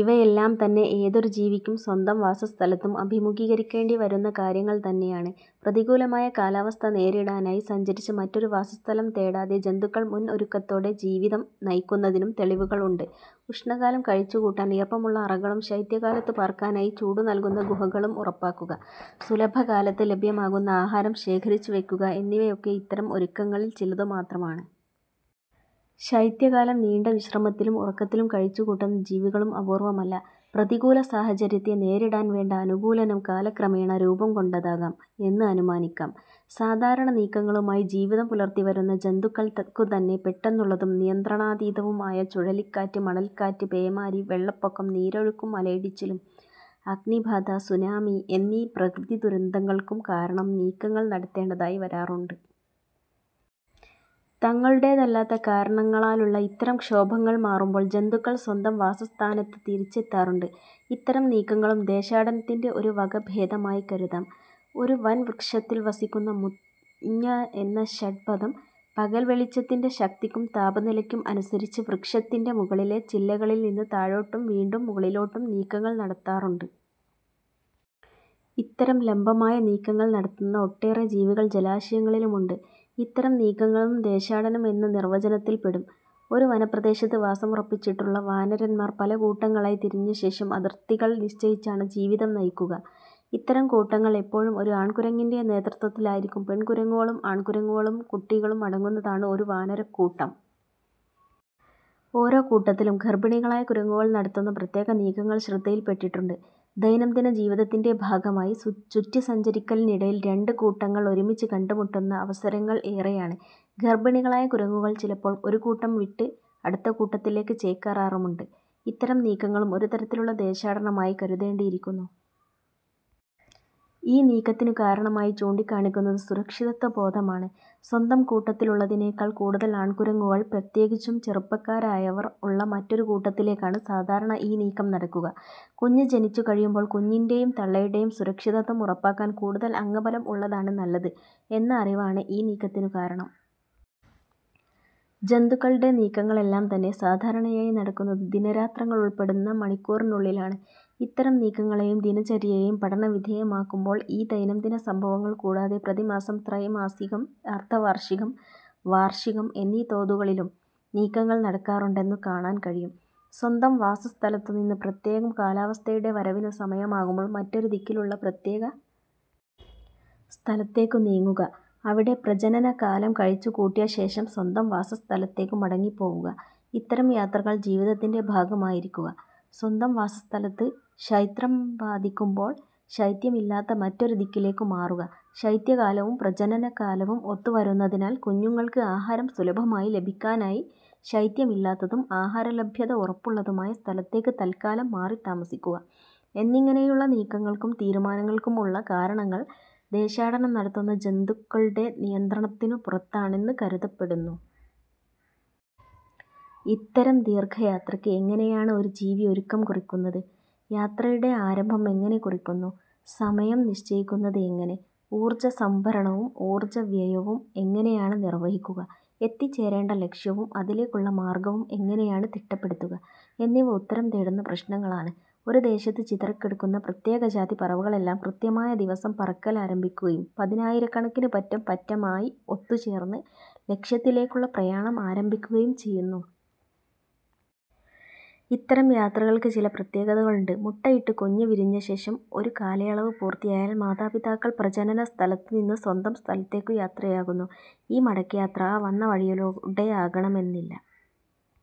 ഇവയെല്ലാംതന്നെ ഏതൊരു ജീവിക്കും സ്വന്തം വാസസ്ഥലത്തും അഭിമുഖീകരിക്കേണ്ടിവരുന്ന കാര്യങ്ങൾ തന്നെയാണ്. പ്രതികൂലമായ കാലവസ്ഥ നേരിടാനായി സഞ്ചരിച്ച് മറ്റൊരു വാസസ്ഥലം തേടാതെ ജന്തുക്കൾ മുൻഒരുക്കത്തോടെ ജീവിതം നയിക്കുന്നതിനും തെളിവുകൾ ഉണ്ട്. ഉഷ്ണകാലം കഴിച്ചുകൂട്ടാൻ ഈർപ്പമുള്ള അറകളും ശൈത്യകാലത്തു പാർക്കാനായി ചൂടുനല്കുന്ന ഗുഹകളും ഉറപ്പാക്കുക, സുലഭകാലത്ത് ലഭ്യമാകുന്ന ആഹാരം ശേഖരിച്ചുവയ്ക്കുക എന്നിവയൊക്കെ ഇത്തരം ഒരുക്കങ്ങളിൽ ചിലതു മാത്രമാണ്. ശൈത്യകാലം നീണ്ട വിശ്രമത്തിലും ഉറക്കത്തിലും കഴിച്ചുകൂട്ടുന്ന ജീവികളും അപൂർവമല്ല. പ്രതികൂലസാഹചര്യത്തെ നേരിടാൻവേണ്ട അനുകൂലനം കാലക്രമേണ രൂപംകൊണ്ടതാകാം എന്ന് അനുമാനിക്കാം. സാധാരണ നീക്കങ്ങളുമായി ജീവിതം പുലർത്തിവരുന്ന ജന്തുക്കൾക്കുതന്നെ പെട്ടെന്നുള്ളതും നിയന്ത്രണാതീതവും ആയ ചുഴലിക്കാറ്റ്, മണൽക്കാറ്റ്, പേമാരി, വെള്ളപ്പൊക്കം, നീരൊഴുക്കും മലയിടിച്ചിലും, അഗ്നിബാധ, സുനാമി എന്നീ പ്രകൃതിദുരന്തങ്ങൾക്കുംകാരണം നീക്കങ്ങൾ നടത്തേണ്ടതായി വരാറുണ്ട്. തങ്ങളുടേതല്ലാത്ത കാരണങ്ങളാലുള്ള ഇത്തരം ക്ഷോഭങ്ങൾ മാറുമ്പോൾ ജന്തുക്കൾ സ്വന്തം വാസസ്ഥാനത്ത് തിരിച്ചെത്താറുണ്ട്. ഇത്തരം നീക്കങ്ങളും ദേശാടനത്തിന്റെ ഒരു വകഭേദമായി കരുതാം. ഒരു വൻവൃക്ഷത്തിൽ വസിക്കുന്ന മുഞ്ഞ എന്ന ഷഡ്പദം പകൽവെളിച്ചത്തിന്റെ ശക്തിക്കും താപനിലയ്ക്കും അനുസരിച്ച് വൃക്ഷത്തിന്റെ മുകളിലെ ചില്ലകളിൽനിന്ന് താഴോട്ടും വീണ്ടും മുകളിലോട്ടും നീക്കങ്ങൾ നടത്താറുണ്ട്. ഇത്തരം ലംബമായ നീക്കങ്ങൾ നടത്തുന്ന ഒട്ടേറെ ജീവികൾ ജലാശയങ്ങളിലുമുണ്ട്. ഇത്തരം നീക്കങ്ങളും ദേശാടനം എന്ന നിർവചനത്തിൽപ്പെടും. ഒരു വനപ്രദേശത്ത് വാസമുറപ്പിച്ചിട്ടുള്ള വാനരന്മാർ പല കൂട്ടങ്ങളായി തിരിഞ്ഞശേഷം അതിർത്തികൾ നിശ്ചയിച്ചാണ് ജീവിതം നയിക്കുക. ഇത്തരം കൂട്ടങ്ങൾ എപ്പോഴും ഒരു ആൺകുരങ്ങിന്റെ നേതൃത്വത്തിലായിരിക്കും. പെൺകുരങ്ങുകളും ആൺകുരങ്ങുകളും കുട്ടികളും അടങ്ങുന്നതാണ് ഒരു വാനരക്കൂട്ടം. ഓരോ കൂട്ടത്തിലും ഗർഭിണികളായ കുരങ്ങുകൾ നടത്തുന്ന പ്രത്യേക നീക്കങ്ങൾ ശ്രദ്ധയിൽ പ്പെട്ടിട്ടുണ്ട്. ദൈനംദിന ജീവിതത്തിന്റെ ഭാഗമായ ചുറ്റിസഞ്ചരിക്കലിനിടയിൽ രണ്ട് കൂട്ടങ്ങൾ ഒരുമിച്ച് കണ്ടുമുട്ടുന്ന അവസരങ്ങൾ ഏറെയാണ്. ഗർഭിണികളായ കുരങ്ങുകൾ ചിലപ്പോൾ ഒരു കൂട്ടം വിട്ട് അടുത്ത കൂട്ടത്തിലേക്ക് ചേക്കേറാറുമുണ്ട്. ഇത്തരം നീക്കങ്ങളും ഒരുതരത്തിലുള്ള ദേശാടനമായി കരുതേണ്ടിയിരിക്കുന്നു. ഈ നീക്കത്തിനു കാരണമായി ചൂണ്ടിക്കാണിക്കുന്നത് സുരക്ഷിതത്വബോധമാണ്. സ്വന്തം കൂട്ടത്തിലുള്ളതിനെക്കാൾ കൂടുതൽ ആൺകുരങ്ങുകൾ, പ്രത്യേകിച്ചും ചെറുപ്പക്കാരായവർ ഉള്ള മറ്റൊരു കൂട്ടത്തിലേക്കാണ് സാധാരണ ഈ നീക്കം നടക്കുക. കുഞ്ഞ് ജനിച്ചുകഴിയുമ്പോൾ കുഞ്ഞിന്റെയും തള്ളയുടെയും സുരക്ഷിതത്വം ഉറപ്പാക്കാൻ കൂടുതൽ അംഗബലം ഉള്ളതാണ് നല്ലത് എന്ന അറിവാണ് ഈ നീക്കത്തിനു കാരണം. ജന്തുക്കളുടെ നീക്കങ്ങളെല്ലാംതന്നെ സാധാരണയായി നടക്കുന്നത് ദിനരാത്രങ്ങളുൾപ്പെടുന്ന മണിക്കൂറിനുള്ളിലാണ്. ഇത്തരം നീക്കങ്ങളെയും ദിനചര്യയെയും പഠനവിധേയമാക്കുമ്പോൾ ഈ ദൈനംദിന സംഭവങ്ങൾ കൂടാതെ പ്രതിമാസം, ത്രൈമാസികം, അർധവാർഷികം, വാർഷികം എന്നീ തോതുകളിലും നീക്കങ്ങൾ നടക്കാറുണ്ടെന്നു കാണാൻ കഴിയും. സ്വന്തം വാസസ്ഥാനത്തുനിന്ന് പ്രത്യേക കാലാവസ്ഥയുടെ വരവിനു സമയമാകുമ്പോൾ മറ്റൊരു ദിക്കിലുള്ള പ്രത്യേക സ്ഥലത്തേക്കു നീങ്ങുക, അവിടെ പ്രജനനകാലം കഴിച്ചുകൂട്ടിയശേഷം സ്വന്തം വാസസ്ഥലത്തേക്കു മടങ്ങിപ്പോവുക, ഇത്തരം യാത്രകൾ ജീവിതത്തിന്റെ ഭാഗമായിരിക്കുക, സ്വന്തം വാസസ്ഥലത്ത് ശൈത്യം ബാധിക്കുമ്പോൾ ശൈത്യമില്ലാത്ത മറ്റൊരു ദിക്കിലേക്കു മാറുക, ശൈത്യകാലവും പ്രജനനകാലവും ഒത്തുവരുന്നതിനാൽ കുഞ്ഞുങ്ങൾക്ക് ആഹാരം സുലഭമായി ലഭിക്കാനായി ശൈത്യമില്ലാത്തതും ആഹാരലഭ്യത ഉറപ്പുള്ളതുമായ സ്ഥലത്തേക്ക് തത്ക്കാലം മാറിത്താമസിക്കുക എന്നിങ്ങനെയുള്ള നീക്കങ്ങൾക്കും തീരുമാനങ്ങൾക്കും ഉള്ള കാരണങ്ങൾ ദേശാടനം നടത്തുന്ന ജന്തുക്കളുടെ നിയന്ത്രണത്തിനു പുറത്താണെന്ന് കരുതപ്പെടുന്നു. ഇത്തരം ദീർഘയാത്രയ്ക്ക് എങ്ങനെയാണ് ഒരു ജീവി ഒരുക്കം കുറിക്കുന്നത്, യാത്രയുടെ ആരംഭം എങ്ങനെ കുറിക്കുന്നു, സമയം നിശ്ചയിക്കുന്നത് എങ്ങനെ, ഊർജസംഭരണവും ഊർജവ്യയവും എങ്ങനെയാണ് നിർവഹിക്കുക, എത്തിച്ചേരേണ്ട ലക്ഷ്യവും അതിലേക്കുള്ള മാർഗവും എങ്ങനെയാണ് തിട്ടപ്പെടുത്തുക എന്നിവ ഉത്തരം തേടുന്ന പ്രശ്നങ്ങളാണ്. ഒരു ദേശത്ത് ചിതറിക്കിടക്കുന്ന പ്രത്യേകജാതി പറവകളെല്ലാം കൃത്യമായ ദിവസം പറക്കലാരംഭിക്കുകയും, പതിനായിരക്കണക്കിന് പറ്റം പറ്റമായി ഒത്തു ചേർന്ന് ലക്ഷ്യത്തിലേക്കുള്ള പ്രയാണം ആരംഭിക്കുകയും ചെയ്യുന്നു. ഇത്തരം യാത്രകൾക്ക് ചില പ്രത്യേകതകളുണ്ട്. മുട്ടയിട്ട് കുഞ്ഞ് വിരിഞ്ഞശേഷം ഒരു കാലയളവ് പൂർത്തിയായാൽ മാതാപിതാക്കൾ പ്രജനനസ്ഥലത്തുനിന്ന് സ്വന്തം സ്ഥലത്തേക്കു യാത്രയാകുന്നു. ഈ മടക്കയാത്ര വന്ന വഴിയിലൂടെ ആകണമെന്നില്ല.